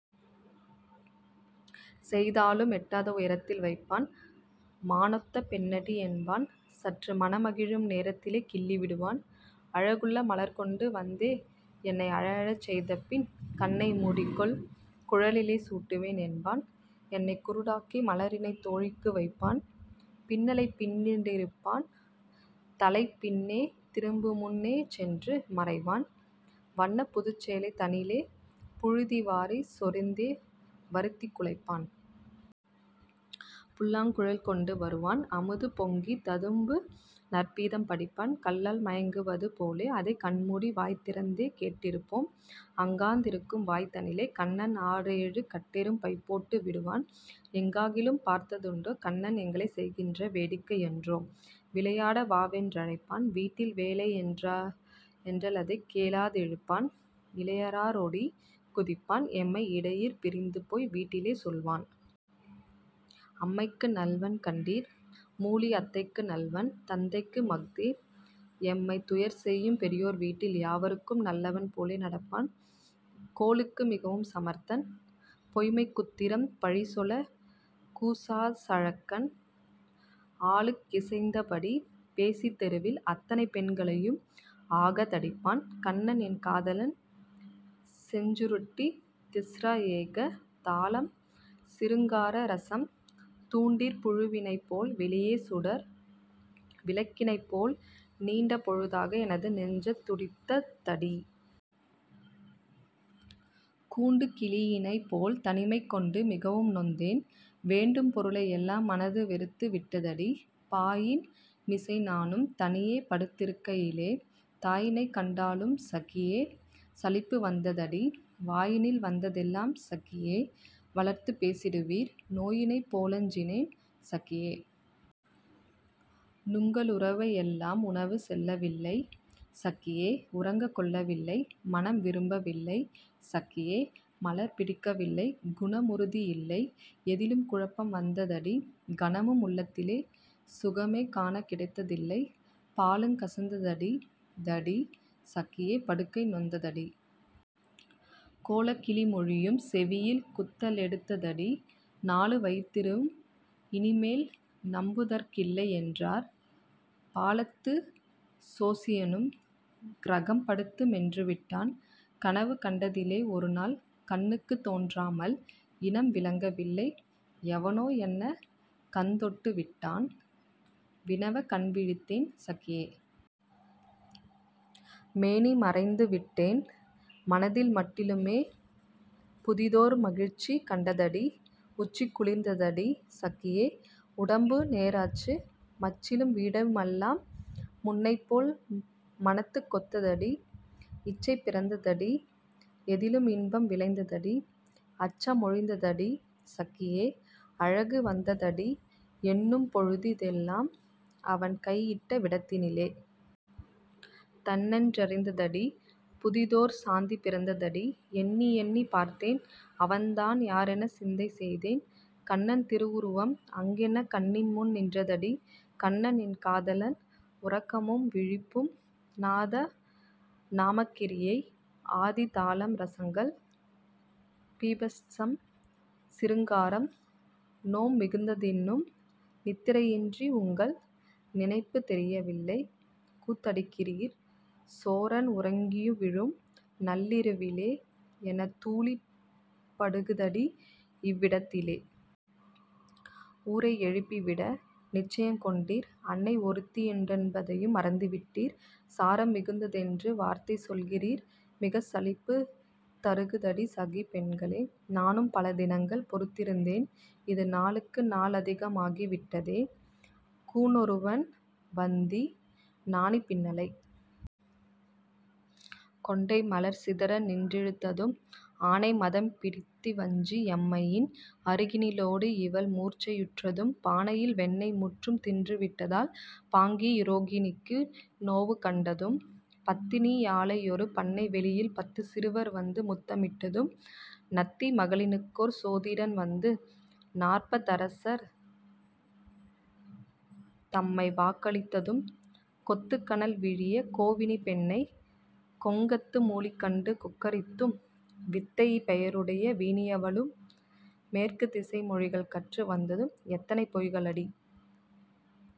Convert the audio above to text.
செய்தாலும் எட்டாத உயரத்தில் வைப்பான்; மானொத்த பெண்ணடி என்பான் சற்று மனமகிழும் நேரத்தி லேகிள்ளி விடுவான்; அழகுள்ள மலர்கொண்டு வந்தே என்னை அழஅழச் செய்துபின், ''கண்ணை மூடிக்கொள்; குழலிலே சூட்டுவேன்'' என்பான் என்னைக் குருடாக்கி மலரினைத் தோழிக்கு வைப்பான். பின்னலைப் பின்னின் றிழுப்பான்; தலை பின்னே திரும்புமுன் னேசென்று மறைவான்; வன்னப் புதுச்சேலை தனிலே புழுதி வாரிச் சொரிந்தே வருத்திக் குலைப்பான். புல்லாங் குழல்கொண்டு வருவான்; அமுது பொங்கித் ததும்புநற் பீதம் படிப்பான்; கள்ளல் மயங்குவது போலே அதைக் கண்மூடி வாய்திறந்தே கேட்டிருப்போம். அங்காந் திருக்கும்வாய் தனிலே கண்ணன் ஆறேழு கட்டெறும் பைப்போட்டு விடுவான்; எங்காகிலும் பார்த்த துண்டோ? கண்ணன் எங்களைச் செய்கின்ற வேடிக்கை யொன்றோ? விளையாட வாவென் றழைப்பான்; வீட்டில் வேலையென்றலதைக் கேளா திழுப்பான்; இளையாரொ டாடிக் குதிப்பான்; எம்மை இடையிற் பிரிந்துபோய் வீட்டிலே சொல்வான். அம்மைக்கு நல்லன் கண்டீர்! மூளி அத்தைக்கு நல்லன், தந்தைக்கு மஃதே, எம்மைத் துயர்செய்யும் பெரியோர் வீட்டில் யாவர்க்கும் நல்லவன் போலே நடப்பான். கோளுக்கு மிகவும் சமர்த்தன்; பொய்ம்மை குத்திரம் பழிசொலக் கூசாச் சழக்கன்; ஆளுக் கிசைந்தபடி பேசித் தெருவில் அத்தனை பெண்களையும் ஆகா தடிப்பான்.. கண்ணன் என் காதலன் செஞ்சுருட்டி திஸ்ர ஏக தாளம் சிருங்கார ரசம் தூண்டிற் புழுவினைப்போல் வெளியே சுடர் விளக்கினைப் போல், நீண்ட பொழுதாக எனது நெஞ்சந் துடித்த தடீ! கூண்டுக் கிளியினைப் போல் தனிமை கொண்டு மிகவும் நொந்தேன்; வேண்டும் பொருளை யெல்லாம் மனது வெறுத்து விட்டதடீ!. பாயின் மிசை நானும் தனியே படுத் திருக்கை யிலே, தாயினைக் கண்டாலும் சகியே! சலிப்பு வந்த தடீ! வாயினில் வந்ததெல்லாம் சகியே! வளர்த்துப் பேசிடுவீர்; நோயினைப் போலஞ் சினேன்; சகியே! நுங்க ளுறவை யெல் லாம். உணவு செல்லவில்லை; சகியே! உறக்கங் கொள்ளவில்லை. மணம் விரும்பவில்லை; சகியே! மலர் பிடிக்க வில்லை; குண முறுதி யில்லை; எதிலும் குழப்பம் வந்த தடீ! கணமும் உளத்திலே சுகமே காணக் கிடைத்ததில்லை. பாலுங் கசந்தடீ தடீ! சகியே! படுக்கை நொந்த தடீ! கோலக் கிளிமொழியும் செவியில் குத்த லெடுத்த தடீ! நாலு வயித்திரும் இனிமேல் நம்புதற் கில்லை யென்றார்; பாலத்துச் சோசியனும் கிரகம் படுத்து மென்று விட்டான். கனவு கண்டதிலே ஒருநாள் கண்ணுக்குத் தோன்றாமல், இனம் விளங்க வில்லை எவனோ என்னகந் தொட்டு விட்டான். வினவக் கண்விழித்தேன்; சகியே! மேனி மறைந்து விட்டேன்; மனதில் மட்டிலுமே புதிதோர் மகிழ்ச்சி கண்டதடீ!. உச்சி குளிர்ந்ததடீ! சகியே! உடம்பு நேராச்சு, மச்சிலும் வீடுமெல்லாம் முன்னைப்போல் மனத்துக் கொத்ததடீ! இச்சை பிறந்ததடீ! எதிலும் இன்பம் விளைளந்ததடீ! அச்ச மொழிந்ததடீ! சகியே! அழகு வந்ததடீ! எண்ணும் பொழுதி லெல்லாம் அவன்கை இட்ட விடத்தினிலே! தண்ணென் றிருந்ததடீ! புதிதோர் சாந்தி பிறந்ததடீ! எண்ணி யெண்ணிப் பார்த்தேன்; அவன்தான் யாரெனச் சிந்தை செய்தேன்; கண்ணன் திருவுருவம் அங்ஙனே கண்ணின் முன் நின்றதடீ!.. கண்ணன் என் காதலன் உறக்கமும் விழிப்பும் நாதநாமக்கிரியை ஆதி தாளம் ரசங்கள்: பீபத்ஸம், சிருங்காரம். நோம் மிகுந்ததின்னும் நித்திரையின்றி உங்கள் நினைப்புத் தெரியவில்லை, கூத்தடிக்கிறீர்; சோரன் உறங்கிவிழும் நள்ளிரவிலே என்ன தூளி படுகுதடி, இவ்விடத்திலே. ஊரை யெழுப்பிவிட நிச்சயங் கொண்டீர்! அன்னை ஒருத்தியுண் டென்பதையும் மறந்து விட்டீர்; சாரம் மிகுந்த தென்று வார்த்தை சொல்கிறீர், மிகச் சலிப்புத் தருகுதடி சகிப் பெண்களே!. நானும் பல தினங்கள் பொறுத்திருந்தேன் இது நாளுக்கு நாளதிக மாகி விட்டதே; கூன னொருவன் வந்திந் நாணி பின்னலைக் கொண்டை மலர்சிதற நின்றிழுத்ததும், ஆனைமதம் பிடித்திவ் வஞ்சி யம்மையின்; அருகினி லோட இவள் மூர்ச்சை யுற்றதும், பானையில் வெண்ணெய் முற்றும் தின்றுவிட்டதால் பாங்கி யுரோகிணிக்கு நோவு கண்டதும், பத்தினி யாளையொரு பண்ணை வெளியில் பத்துச் சிறுவர் வந்து முத்தமிட்டதும், நத்தி மகளினுக்கோர் சோதிடன் வந்து நாற்ப தரசர் தம்மை வாக்களித்ததும், கொத்துக் கனல் விழியக் கோவினிப் பெண்ணைக் கொங்கத்து மூளிகண்டு கொக்கரித்தும், வித்தைப் பெயருடைய வீணியவளும் மேற்குத் திசை மொழிகள் கற்று வந்ததும், எத்தனை பொய்களடி!